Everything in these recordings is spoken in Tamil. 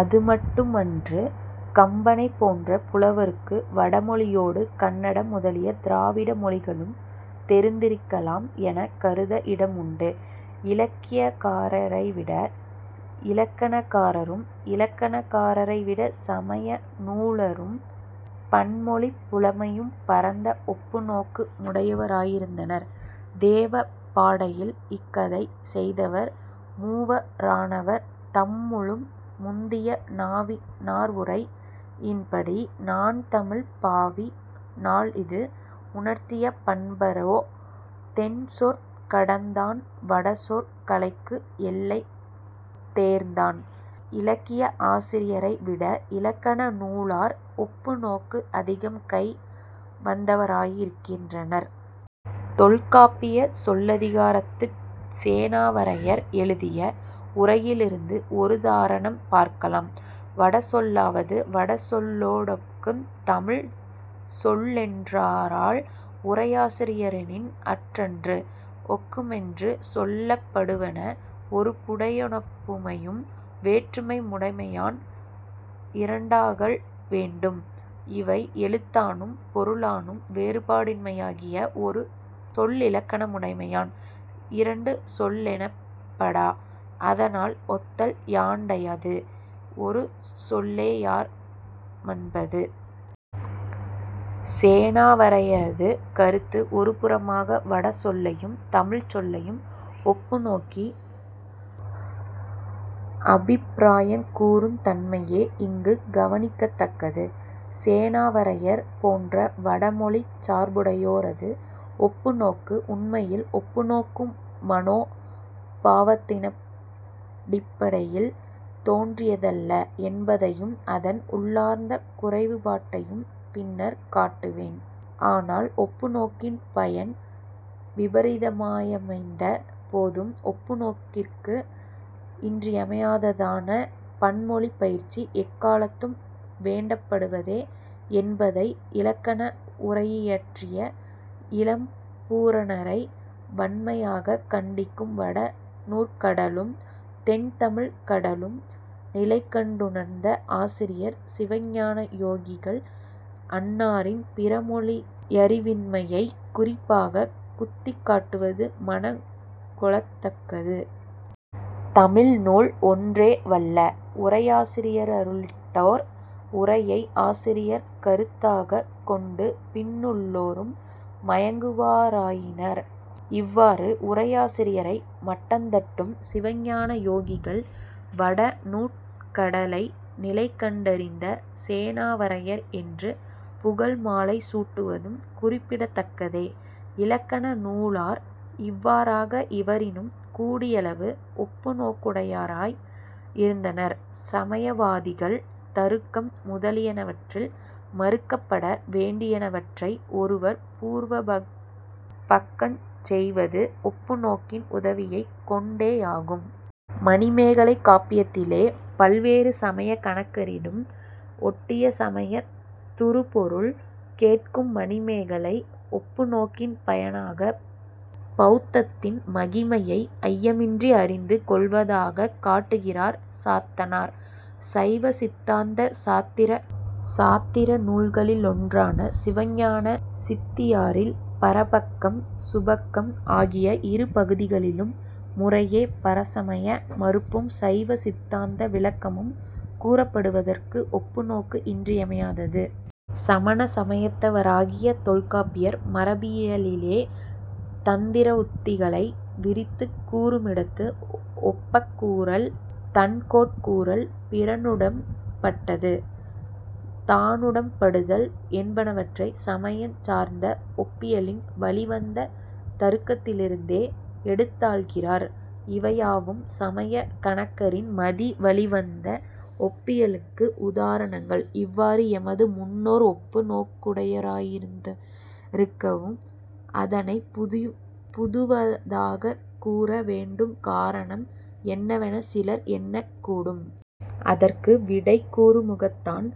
அது மட்டுமன்று. கம்பனைப் போன்ற புலவருக்கு வடமொழியோடு கன்னடம் முதலிய திராவிட மொழிகளும் தெரிந்திருக்கலாம் எனக் கருத இடமுண்டு. இலக்கியகாரரைவிட இலக்கணகாரரும் இலக்கணகாரரைவிடச் சமய நூலாரும் பன்மொழிப் புலமையும் பரந்த ஒப்புநோக்கு முடையவராயிருந்தனர். "தேவ பாடையில் இக்கதை செய்தவர் மூவ ரானவர் தம்முளும் முந்திய நாவி னார்உரை யின்படி நான்தமிழ்ப் பாவி னால்இது உணர்த்திய பண்பரோ" "தென்சொற் கடந்தான் வடசொற் கலைக்கு எல்லை தேர்ந்தான்" இலக்கிய ஆசிரியரை விட இலக்கண நூலார் ஒப்பு நோக்கு அதிகம் கை வந்தவராயிருக்கின்றனர். தொல்காப்பியச் சொல்லதிகாரத்துச் சேனாவரையர் எழுதிய உரையிலிருந்து ஒருதாரணம் பார்க்கலாம்: "வட சொல்லாவது வட சொல்லோடொக்குந் தமிழ்ச் சொல்லென்றாரால் உரையாசிரியரெனின், அற்றன்று: ஒக்குமென்று சொல்லப்படுவன ஒருபுடையனொப்புமையும் வேற்றுமைமுடைமையான் இரண்டாகல் வேண்டும். இவை எழுத்தானும் பொருளானும் வேறுபாடின்மையாகிய ஒரு சொல்லிலக்கணமுடைமையான் இரண்டு சொல்லெனப்படா: அதனால் ஒத்தல் யாண்டையது? ஒரு சொல்லேயார்மன்பது. " சேனாவரையரது கருத்து ஒருபுறமாக, வட சொல்லையும் தமிழ்ச் சொல்லையும் ஒப்புநோக்கி அபிப்பிராயங் கூறுந்தன்மையே இங்குக் கவனிக்கத்தக்கது. சேனாவரையர் போன்ற வட மொழிச் சார்புடையோரது ஒப்புநோக்கு உண்மையில் ஒப்புநோக்கும் மனோ பாவத்தினடிப்படையில் தோன்றியதல்ல என்பதையும் அதன் உள்ளார்ந்த குறைவுபாட்டையும் பின்னர் காட்டுவேன். ஆனால் ஒப்புநோக்கின் பயன் விபரீதமாயமைந்த போதும் ஒப்புநோக்கிற்கு இன்றியமையாததான பன்மொழிப்பயிற்சி எக்காலத்தும் வேண்டப்படுவதே என்பதை இலக்கண உரையியற்றிய இளம்பூரணரை வன்மையாகக் கண்டிக்கும் வட நூற்கடலும் தென்தமிழ்க் கடலும் நிலைகண்டுணர்ந்த ஆசிரியர் சிவஞானயோகிகள் அன்னாரின் பிறமொழியறிவின்மையைக் குறிப்பாகக் குத்திக்காட்டுவது மனங் கொளத்தக்கது. தமிழ் நூல் ஒன்றே வல்ல உரையாசிரியருள்ளிட்டோர் உரையை ஆசிரியர் கருத்தாகக் கொண்டு பின்னுள்ளோரும் மயங்குவாராயினர். இவ்வாறு உரையாசிரியரை மட்டந்தட்டும் சிவஞான யோகிகள் வட நூற் கடலை நிலைகண்டறிந்த சேனாவரையர் என்று புகழ்மாலை சூட்டுவதும் குறிப்பிடத்தக்கதே. இலக்கண நூலார் இவ்வாறாக இவரினும் கூடியளவு ஒப்புநோக்குடையராய் இருந்தனர். சமயவாதிகள் தருக்கம் முதலியனவற்றில் மறுக்கப்பட வேண்டியனவற்றை ஒருவர் பூர்வபக்கஞ் செய்வது ஒப்புநோக்கின் உதவியைக் கொண்டேயாகும். மணிமேகலைக் காப்பியத்திலே பல்வேறு சமயக் கணக்கரிடம் ஒட்டிய சமயத் துறுபொருள் கேட்கும் மணிமேகலை ஒப்புநோக்கின் பயனாக பௌத்தத்தின் மகிமையை ஐயமின்றி அறிந்து கொள்வதாகக் காட்டுகிறார் சாத்தனார். சைவ சித்தாந்த சாத்திர நூல்களிலொன்றான சிவஞான சித்தியாரில் பரபக்கம், சுபக்கம் ஆகிய இரு பகுதிகளிலும் முறையே பரசமய மறுப்பும் சைவ சித்தாந்த விளக்கமும் கூறப்படுவதற்கு ஒப்புநோக்கு இன்றியமையாதது. சமண சமயத்தவராகிய தொல்காப்பியர் மரபியலிலே தந்திரவுத்திகளை விரித்துக் கூறுமிடத்து, ஒப்பக்கூறல், தன்கோட்கூறல், பிறனுடம்பட்டது தானுடம்படுதல் என்பனவற்றை சமயஞ் சார்ந்த ஒப்பியலின் வழிவந்த தருக்கத்திலிருந்தே எடுத்தாள்கிறார். இவையாவும் சமயக் கணக்கரின் மதி வழிவந்த ஒப்பியலுக்கு உதாரணங்கள். இவ்வாறு எமது முன்னோர் ஒப்பு நோக்குடையராயிருந்திருக்கவும் அதனைப் புதுவதாகக் கூற வேண்டுங் காரணம் என்னவெனச் சிலர் எண்ணக் கூடும். அதற்கு விடை கூறுமுகத்தான்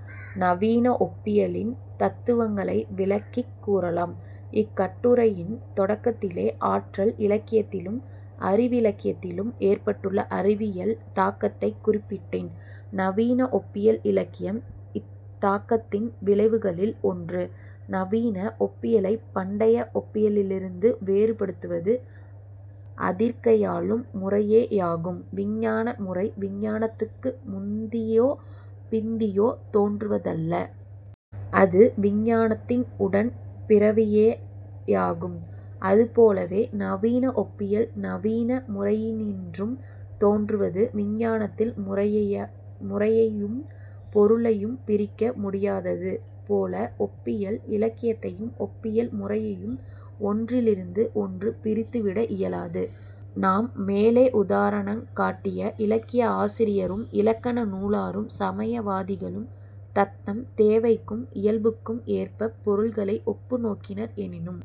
நவீன ஒப்பியலின் தத்துவங்களை விளக்கிக் கூறலாம். இக் கட்டுரையின் தொடக்கத்திலே ஆற்றல் இலக்கியத்திலும் அறிவிலக்கியத்திலும் ஏற்பட்டுள்ள அறிவியல் தாக்கத்தைக் குறிப்பிட்டேன். நவீன ஒப்பியல் இலக்கியம் இத்தாக்கத்தின் விளைவுகளில் ஒன்று. நவீன ஒப்பியலைப் பண்டைய ஒப்பியலிலிருந்து வேறுபடுத்துவது அதிற்கையாளும் முறையேயாகும். விஞ்ஞான முறை விஞ்ஞானத்துக்கு முந்தியோ பிந்தியோ தோன்றுவதல்ல. அது விஞ்ஞானத்தின் உடன் பிறவியேயாகும். அதுபோலவே, நவீன ஒப்பியல் நவீன முறையினின்றும் தோன்றுவது. விஞ்ஞானத்தில் முறையையும் பொருளையும் பிரிக்க முடியாதது போல ஒப்பியல் இலக்கியத்தையும் ஒப்பியல் முறையையும் ஒன்றிலிருந்து ஒன்று பிரித்து விட இயலாது. நாம் மேலே உதாரணங் காட்டிய இலக்கிய ஆசிரியரும் இலக்கண நூலாரும் சமய வாதிகளும் தத்தம் தேவைக்கும் இயல்புக்கும் ஏற்பப் பொருள்களை ஒப்பு நோக்கினர். எனினும்